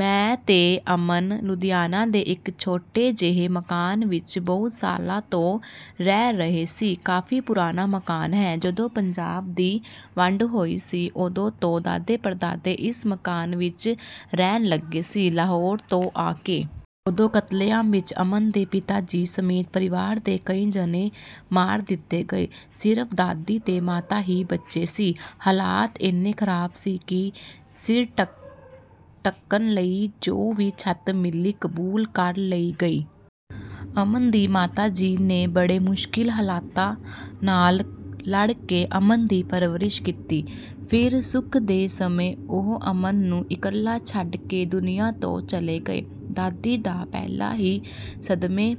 ਮੈਂ ਤੇ ਅਮਨ ਲੁਧਿਆਣਾ ਦੇ ਇੱਕ ਛੋਟੇ ਜਿਹੇ ਮਕਾਨ ਵਿੱਚ ਬਹੁਤ ਸਾਲਾਂ ਤੋਂ ਰਹਿ ਰਹੇ ਸੀ। ਕਾਫ਼ੀ ਪੁਰਾਣਾ ਮਕਾਨ ਹੈ। ਜਦੋਂ ਪੰਜਾਬ ਦੀ ਵੰਡ ਹੋਈ ਸੀ, ਉਦੋਂ ਤੋਂ ਦਾਦੇ-ਪੜਦਾਦੇ ਇਸ ਮਕਾਨ ਵਿੱਚ ਰਹਿਣ ਲੱਗੇ ਸੀ, ਲਾਹੌਰ ਤੋਂ ਆ ਕੇ। ਉਦੋਂ ਕਤਲੇਆਮ ਵਿੱਚ ਅਮਨ ਦੇ ਪਿਤਾ ਜੀ ਸਮੇਤ ਪਰਿਵਾਰ ਦੇ ਕਈ ਜਣੇ ਮਾਰ ਦਿੱਤੇ ਗਏ। ਸਿਰਫ਼ ਦਾਦੀ ਤੇ ਮਾਤਾ ਹੀ ਬਚੇ ਸੀ। ਹਾਲਾਤ ਏਨੇ ਖਰਾਬ ਸੀ ਕਿ ਸਿਰ ਢੱਕਣ ਲਈ ਜੋ ਵੀ ਛੱਤ ਮਿਲੀ, ਕਬੂਲ ਕਰ ਲਈ ਗਈ। ਅਮਨ ਦੀ ਮਾਤਾ ਜੀ ਨੇ ਬੜੇ ਮੁਸ਼ਕਿਲ ਹਾਲਾਤਾਂ ਨਾਲ ਲੜ ਕੇ ਅਮਨ ਦੀ ਪਰਵਰਿਸ਼ ਕੀਤੀ। ਫਿਰ, ਸੁੱਖ ਦੇ ਸਮੇਂ ਉਹ ਅਮਨ ਨੂੰ ਇਕੱਲਾ ਛੱਡ ਕੇ ਦੁਨੀਆ ਤੋਂ ਚਲੇ ਗਏ। ਦਾਦੀ ਤਾਂ ਪਹਿਲਾਂ ਹੀ ਸਦਮੇ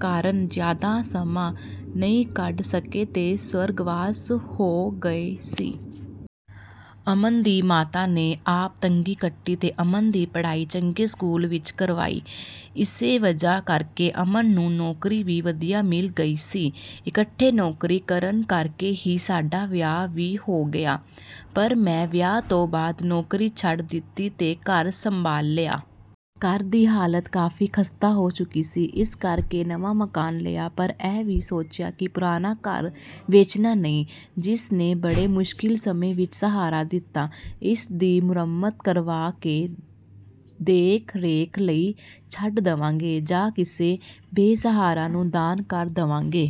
ਕਾਰਨ ਜ਼ਿਆਦਾ ਸਮਾਂ ਨਹੀਂ ਕੱਢ ਸਕੇ ਤੇ ਸਵਰਗਵਾਸ ਹੋ ਗਏ ਸੀ। ਅਮਨ ਦੀ ਮਾਤਾ ਨੇ ਆਪ ਤੰਗੀ ਕੱਟੀ ਤੇ ਅਮਨ ਦੀ ਪੜ੍ਹਾਈ ਚੰਗੇ ਸਕੂਲ ਵਿੱਚ ਕਰਵਾਈ। ਇਸੇ ਵਜ੍ਹਾ ਕਰਕੇ ਅਮਨ ਨੂੰ ਨੌਕਰੀ ਵੀ ਵਧੀਆ ਮਿਲ ਗਈ ਸੀ। ਇਕੱਠੇ ਨੌਕਰੀ ਕਰਨ ਕਰਕੇ ਹੀ ਸਾਡਾ ਵਿਆਹ ਵੀ ਹੋ ਗਿਆ, ਪਰ ਮੈਂ ਵਿਆਹ ਤੋਂ ਬਾਅਦ ਨੌਕਰੀ ਛੱਡ ਦਿੱਤੀ ਤੇ ਘਰ ਸੰਭਾਲ ਲਿਆ। ਘਰ ਦੀ ਹਾਲਤ ਕਾਫ਼ੀ ਖਸਤਾ ਹੋ ਚੁੱਕੀ ਸੀ। ਇਸ ਕਰਕੇ ਨਵਾਂ ਮਕਾਨ ਲਿਆ। ਪਰ ਇਹ ਵੀ ਸੋਚਿਆ ਕਿ ਪੁਰਾਣਾ ਘਰ ਵੇਚਣਾ ਨਹੀਂ, ਜਿਸ ਨੇ ਬੜੇ ਮੁਸ਼ਕਿਲ ਸਮੇਂ ਵਿੱਚ ਸਹਾਰਾ ਦਿੱਤਾ। ਇਸ ਦੀ ਮੁਰੰਮਤ ਕਰਵਾ ਕੇ ਦੇਖ-ਰੇਖ ਲਈ ਛੱਡ ਦੇਵਾਂਗੇ ਜਾਂ ਕਿਸੇ ਬੇਸਹਾਰਾ ਨੂੰ ਦਾਨ ਕਰ ਦੇਵਾਂਗੇ।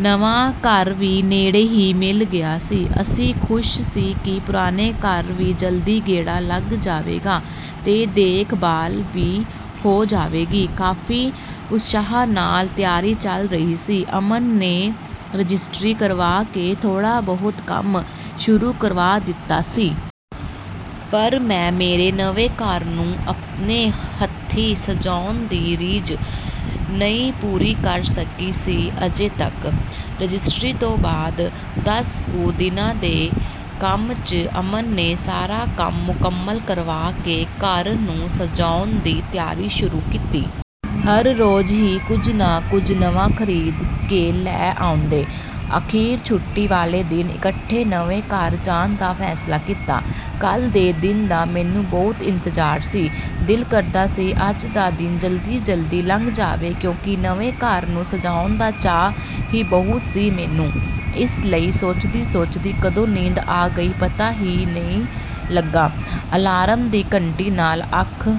ਨਵਾਂ ਘਰ ਵੀ ਨੇੜੇ ਹੀ ਮਿਲ ਗਿਆ ਸੀ। ਅਸੀਂ ਖੁਸ਼ ਸੀ ਕਿ ਪੁਰਾਣੇ ਘਰ ਵੀ ਜਲਦੀ ਗੇੜਾ ਲੱਗ ਜਾਵੇਗਾ ਤੇ ਦੇਖ-ਭਾਲ ਵੀ ਹੋ ਜਾਵੇਗੀ। ਕਾਫ਼ੀ ਉਤਸ਼ਾਹ ਨਾਲ ਤਿਆਰੀ ਚੱਲ ਰਹੀ ਸੀ। ਅਮਨ ਨੇ ਰਜਿਸਟਰੀ ਕਰਵਾ ਕੇ ਥੋੜ੍ਹਾ-ਬਹੁਤ ਕੰਮ ਸ਼ੁਰੂ ਕਰਵਾ ਦਿੱਤਾ ਸੀ। ਪਰ ਮੈਂ ਮੇਰੇ ਨਵੇਂ ਘਰ ਨੂੰ ਆਪਣੇ ਹੱਥੀਂ ਸਜਾਉਣ ਦੀ ਰੀਝ ਨਹੀਂ ਪੂਰੀ ਕਰ ਸਕੀ ਸੀ ਅਜੇ ਤੱਕ...। ਰਜਿਸਟਰੀ ਤੋਂ ਬਾਅਦ ਦਸ ਕੁ ਦਿਨਾਂ ਦੇ ਕੰਮ 'ਚ ਅਮਨ ਨੇ ਸਾਰਾ ਕੰਮ ਮੁਕੰਮਲ ਕਰਵਾ ਕੇ ਘਰ ਨੂੰ ਸਜਾਉਣ ਦੀ ਤਿਆਰੀ ਸ਼ੁਰੂ ਕੀਤੀ। ਹਰ ਰੋਜ਼ ਹੀ ਕੁਝ ਨਾ ਕੁਝ ਨਵਾਂ ਖਰੀਦ ਕੇ ਲੈ ਆਉਂਦੇ। ਅਖੀਰ ਛੁੱਟੀ ਵਾਲੇ ਦਿਨ ਇਕੱਠੇ ਨਵੇਂ ਘਰ ਜਾਣ ਦਾ ਫ਼ੈਸਲਾ ਕੀਤਾ। ਕੱਲ੍ਹ ਦੇ ਦਿਨ ਦਾ ਮੈਨੂੰ ਬਹੁਤ ਇੰਤਜ਼ਾਰ ਸੀ। ਦਿਲ ਕਰਦਾ ਸੀ ਅੱਜ ਦਾ ਦਿਨ ਜਲਦੀ-ਜਲਦੀ ਲੰਘ ਜਾਵੇ, ਕਿਉਂਕਿ ਨਵੇਂ ਘਰ ਨੂੰ ਸਜਾਉਣ ਦਾ ਚਾਅ ਹੀ ਬਹੁਤ ਸੀ ਮੈਨੂੰ, ਇਸ ਲਈ ਸੋਚਦੀ-ਸੋਚਦੀ ਕਦੋਂ ਨੀਂਦ ਆ ਗਈ, ਪਤਾ ਹੀ ਨਹੀਂ ਲੱਗਾ। ਅਲਾਰਮ ਦੀ ਘੰਟੀ ਨਾਲ ਅੱਖ...